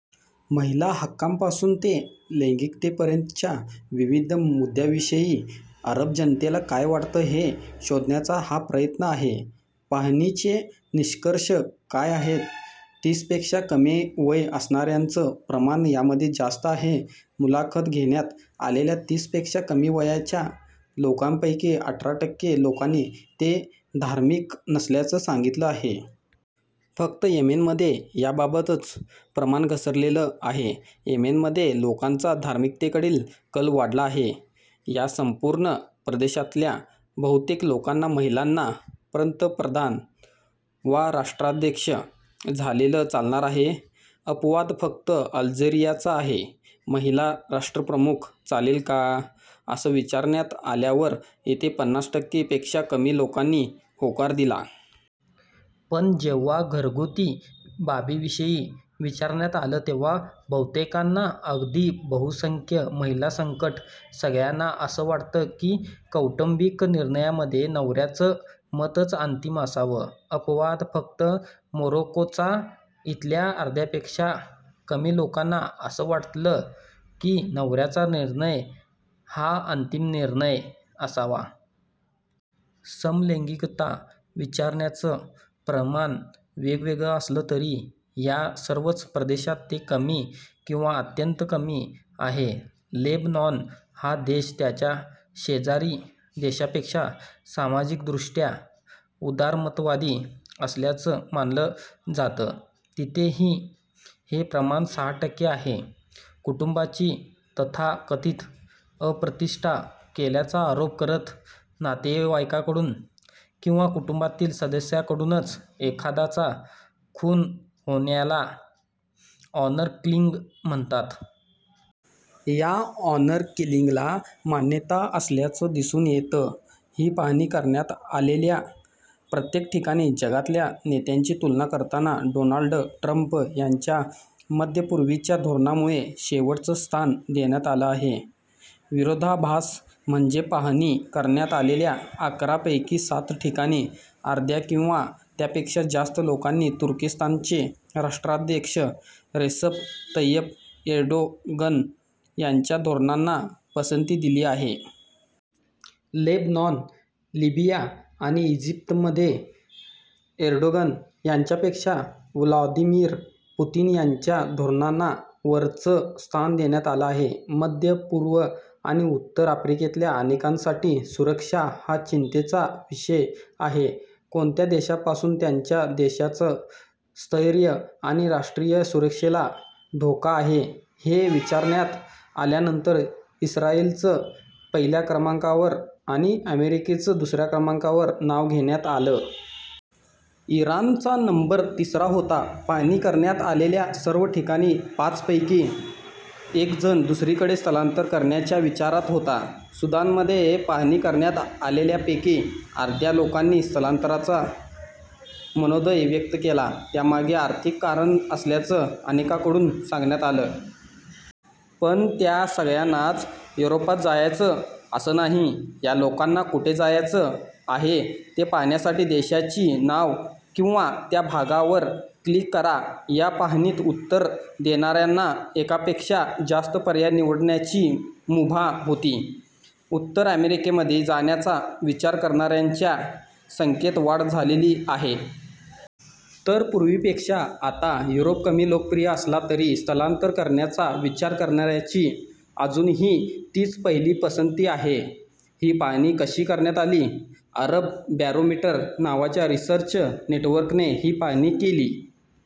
महिला हक्कांपासून ते लैंगिकतेपर्यंतच्या विविध मुद्द्यांविषयी अरब जनतेला काय वाटतं हे शोधण्याचा हा प्रयत्न आहे. पाहणीचे निष्कर्ष काय आहेत? तीसपेक्षा कमी वय असणाऱ्यांचं प्रमाण यामध्ये जास्त आहे. मुलाखत घेण्यात आलेल्या तीस पेक्षा कमी वयाच्या लोकांपैकी अठरा टक्के लोकांनी ते धार्मिक नसल्याचं सांगितलं आहे. फक्त येमेनमध्ये याबाबतचं प्रमाण घसरलेलं आहे. येमेनमध्ये लोकांचा धार्मिकतेकडील कल वाढला आहे. या संपूर्ण प्रदेशातल्या बहुतेक लोकांना महिलांना पंतप्रधान वा राष्ट्राध्यक्ष झालेलं चालणार आहे. अपवाद फक्त अल्जिरियाचा आहे. महिला राष्ट्रप्रमुख चालेल का? असं विचारण्यात आल्यावर इथे पन्नास टक्के पेक्षा कमी लोकांनी होकार दिला. पण जेव्हा घरगुती बाबींविषयी विचारण्यात आलं तेव्हा बहुतेकांना अगदी बहुसंख्य महिलांसकट सगळ्यांना असं वाटतं की कौटुंबिक निर्णयामध्ये नवऱ्याचं मतच अंतिम असावं. अपवाद फक्त मोरक्कोचा. इथल्या अर्ध्यापेक्षा कमी लोकांना असं वाटलं की नवऱ्याचा निर्णय हा अंतिम निर्णय असावा. समलैंगिकता स्वीकारण्याचं प्रमाण वेगवेगळं असलं तरी या सर्वच प्रदेशात ते कमी किंवा अत्यंत कमी आहे. लेबनॉन हा देश त्याच्या शेजारी देशांपेक्षा सामाजिकदृष्ट्या उदारमतवादी असल्याचं मानलं जातं. तिथेही हे प्रमाण सहा टक्के आहे. कुटुंबाची तथाकथित अप्रतिष्ठा केल्याचा आरोप करत नातेवाईकाकडून किंवा कुटुंबातील सदस्याकडूनच एखाद्याचा खून होण्याला ऑनर किलिंग म्हणतात. या ऑनर किलिंगला मान्यता असल्याचं दिसून येतं. ही पाहणी करण्यात आलेल्या प्रत्येक ठिकाणी जगातल्या नेत्यांची तुलना करताना डोनाल्ड ट्रंप यांच्या मध्य-पूर्वेच्या धोरणांमुळे शेवटचं स्थान देण्यात आलं आहे. विरोधाभास म्हणजे पाहणी करण्यात आलेल्या अकरा पैकी सात ठिकाणी अर्ध्या किंवा त्यापेक्षा जास्त लोकांनी तुर्कस्तानचे राष्ट्राध्यक्ष रेसप तय्यप एर्डोगन यांच्या धोरणांना पसंती दिली आहे. लेबनॉन, लिबिया आणि इजिप्तमध्ये एर्डोगन यांच्यापेक्षा व्लादिमिर पुतीन यांच्या धोरणांना वरचं स्थान देण्यात आलं आहे. मध्य-पूर्व आणि उत्तर आफ्रिकेतल्या अनेकांसाठी सुरक्षा हा चिंतेचा विषय आहे. कोणत्या देशापासून त्यांच्या देशाचं स्थैर्य आणि राष्ट्रीय सुरक्षेला धोका आहे हे विचारण्यात आल्यानंतर इस्रायलचं पहिल्या क्रमाकांवर आणि अमेरिकेचं दुसऱ्या क्रमांकावर नाव घेण्यात आलं. इराणचा नंबर तिसरा होता. पाहणी करण्यात आलेल्या सर्व ठिकाणी पाचपैकी एक जण दुसरीकडे स्थलांतर करण्याच्या विचारात होता. सुदानमध्ये पाहणी करण्यात आलेल्यांपैकी अर्ध्या लोकांनी स्थलांतराचा मनोदय व्यक्त केला. त्यामागे आर्थिक कारणं असल्याचं अनेकांकडून सांगण्यात आलं. पण त्या सगळ्यांनाच युरोपात जायचंय, असं नाही या लोकांना कुठे जायचं आहे ते पाहण्यासाठी देशांची नावं किंवा त्या भागांवर क्लिक करा. या पाहणीत उत्तरं देणाऱ्यांना एकापेक्षा जास्त पर्याय निवडण्याची मुभा होती. उत्तर अमेरिकेमध्ये जाण्याचा विचार करणाऱ्यांच्या संख्येत वाढ झालेली आहे. तर पूर्वीपेक्षा आता युरोप कमी लोकप्रिय असला तरी स्थलांतर करण्याचा विचार करणाऱ्यांची अजूनही तीच पहिली पसंती आहे. ही पाहणी कशी करण्यात आली? अरब बॅरोमीटर नावाच्या रिसर्च नेटवर्कने ही पाहणी केली.